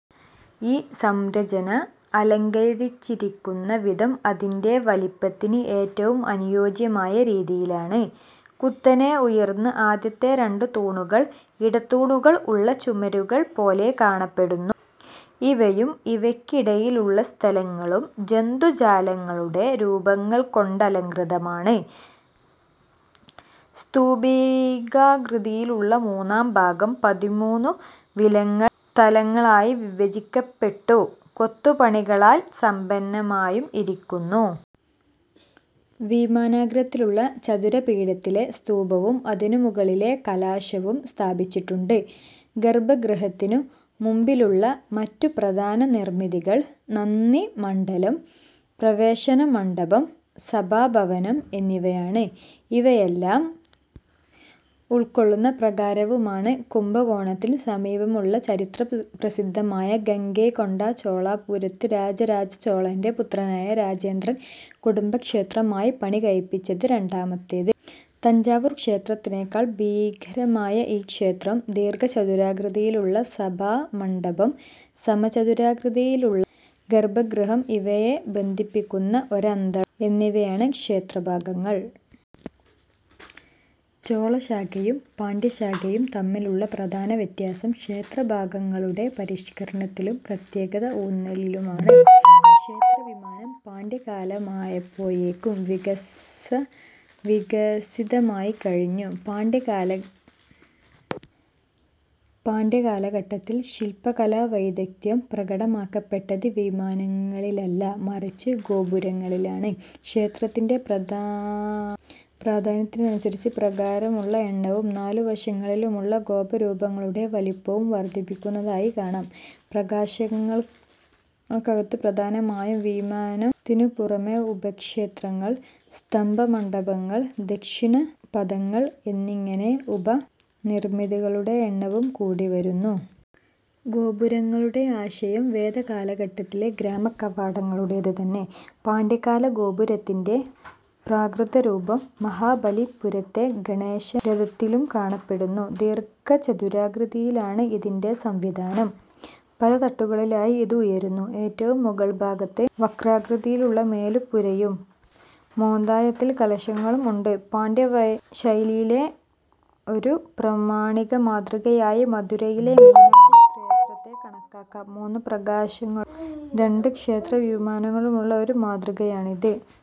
ഈ സംരചന അലങ്കരിച്ചിരിക്കുന്ന വിധം അതിന്റെ വലിപ്പത്തിന് ഏറ്റവും അനുയോജ്യമായ രീതിയിലാണ്. കുത്തനെ ഉയരുന്ന ആദ്യത്തെ രണ്ടു തട്ടുകൾ ഇടത്തൂണുകൾ ഉള്ള ചുമരുകൾ പോലെ കാണപ്പെടുന്നു. ഇവയും ഇവയ്ക്കിടയിലുള്ള സ്ഥലങ്ങളും ജന്തുജാലങ്ങളുടെ രൂപങ്ങൾകൊണ്ടലംകൃതമാണ്. സ്തൂപികാകൃതിയിലുള്ള മുന്നാം ഭാഗം പതിമൂന്നു വിലങ്ങൻ തലങ്ങളിലായിവിഭജിക്കപ്പെട്ടും കൊത്തുപണികളാൽ സമ്പന്നമായും ഇരിക്കുന്നു. വിമാനാഗ്രത്തിലുള്ള ചതുര പീഠത്തിൽ സ്തൂപവും അതിനുമുകളിൽ കലശവും സ്ഥാപിച്ചിട്ടുണ്ട്. ഗർഭഗൃഹത്തിനു മുമ്പിലുള്ള മറ്റുപ്രധാന നിർമിതികൾ നന്ദിമണ്ഡപം, പ്രവേശനമണ്ഡപം, സഭാഭവനം എന്നിവയാണ്; ഇവയെല്ലാം ഉൾക്കൊള്ളുന്ന പ്രാകാരവുമുണ്ട്. കുംഭകോണത്തിനു സമീപമുള്ള ചരിത്രപ്രസിദ്ധമായ ഗംഗൈകൊണ്ടചോളപുരത്ത് രാജരജചോളന്റെ പുത്രനായ രാജേന്ദ്രൻ കുടുംബക്ഷേത്രമായി പണികഴിപ്പിച്ചതാണ് രണ്ടാമത്തേത്. തഞ്ചാവൂർക്ഷേത്രത്തിനെക്കാൾ ഭീമാകരമാണ് ഈ ക്ഷേത്രം. ദീർഘചതുരാകൃതിയിലുള്ള സഭാമണ്ഡപം, സമചതുരാകൃതിയിലുള്ള ഗർഭഗൃഹം ഇവയെ ബന്ധിപ്പിക്കുന്ന ഒരന്തരാളം എന്നിവയാണ് ക്ഷേത്രഭാഗങ്ങൾ. ചോളശാഖയും പാണ്ഡ്യശാഖയും തമ്മിലുള്ള പ്രധാന വ്യത്യാസം ക്ഷേത്രഭാഗങ്ങളുടെ പരിഷ്കരണത്തിലും പ്രത്യേക ഊന്നലിലുമാണ്. ക്ഷേത്രവിമാനം പാണ്ഡ്യ കാലഘട്ടമായപ്പോഴേക്കും വികസിതമായിക്കഴിഞ്ഞു. പാണ്ഡ്യകാലഘട്ടത്തിൽ ശില്പകലാവൈദഗ്ദ്ധ്യം പ്രകടമാക്കപ്പെട്ടത് വിമാനങ്ങളിലല്ല മറിച്ച് ഗോപുരങ്ങളിലാണ്. ക്ഷേത്രത്തിന്റെ പ്രാധാന്യത്തിനനുസരിച്ച് പ്രാകാരങ്ങളുടെ എണ്ണവും നാലുവശങ്ങളിലുമുള്ള ഗോപുരങ്ങളുടെ വലിപ്പവും വർദ്ധിക്കുന്നതായി കാണാം. പ്രാകാരങ്ങൾക്കകത്ത് പ്രധാന വിമാനത്തിനു പുറമെ ഉപക്ഷേത്രങ്ങൾ, സ്തംഭമണ്ഡപങ്ങൾ, പ്രദക്ഷിണപഥങ്ങൾ എന്നിങ്ങനെ ഉപനിർമിതികളുടെ എണ്ണവും കൂടിവരുന്നു. ഗോപുരങ്ങളുടെ ആശയം വേദകാലഘട്ടത്തിലെ ഗ്രാമ കവാടങ്ങളുടേതുതന്നെ. പാണ്ഡ്യകാല ഗോപുരത്തിന്റെ പ്രാകൃതരൂപം മഹാബലിപുരത്തെ ഗണേശരഥത്തിലും കാണപ്പെടുന്നു. ദീർഘചതുരാകൃതിയിലാണ് ഇതിന്റെ സംവിധാനം; പലതട്ടുകളിലായി ഇത് ഉയരുന്നു; ഏറ്റവും മുകൾഭാഗത്ത് വക്രാകൃതിയിലുള്ള മേല്പുരയും മോന്തായത്തിൽ കലശങ്ങളും ഉണ്ട്. പാണ്ഡ്യശൈലിയിലെ ഒരു പ്രാമാണിക മാതൃകയായി മധുരയിലെ മീനാക്ഷീക്ഷേത്രത്തെ കണക്കാക്കാം. മൂന്ന് പ്രാകാരങ്ങളും രണ്ട് ക്ഷേത്രവിമാനങ്ങളുമുള്ള ഒരു മാതൃകയാണിത്.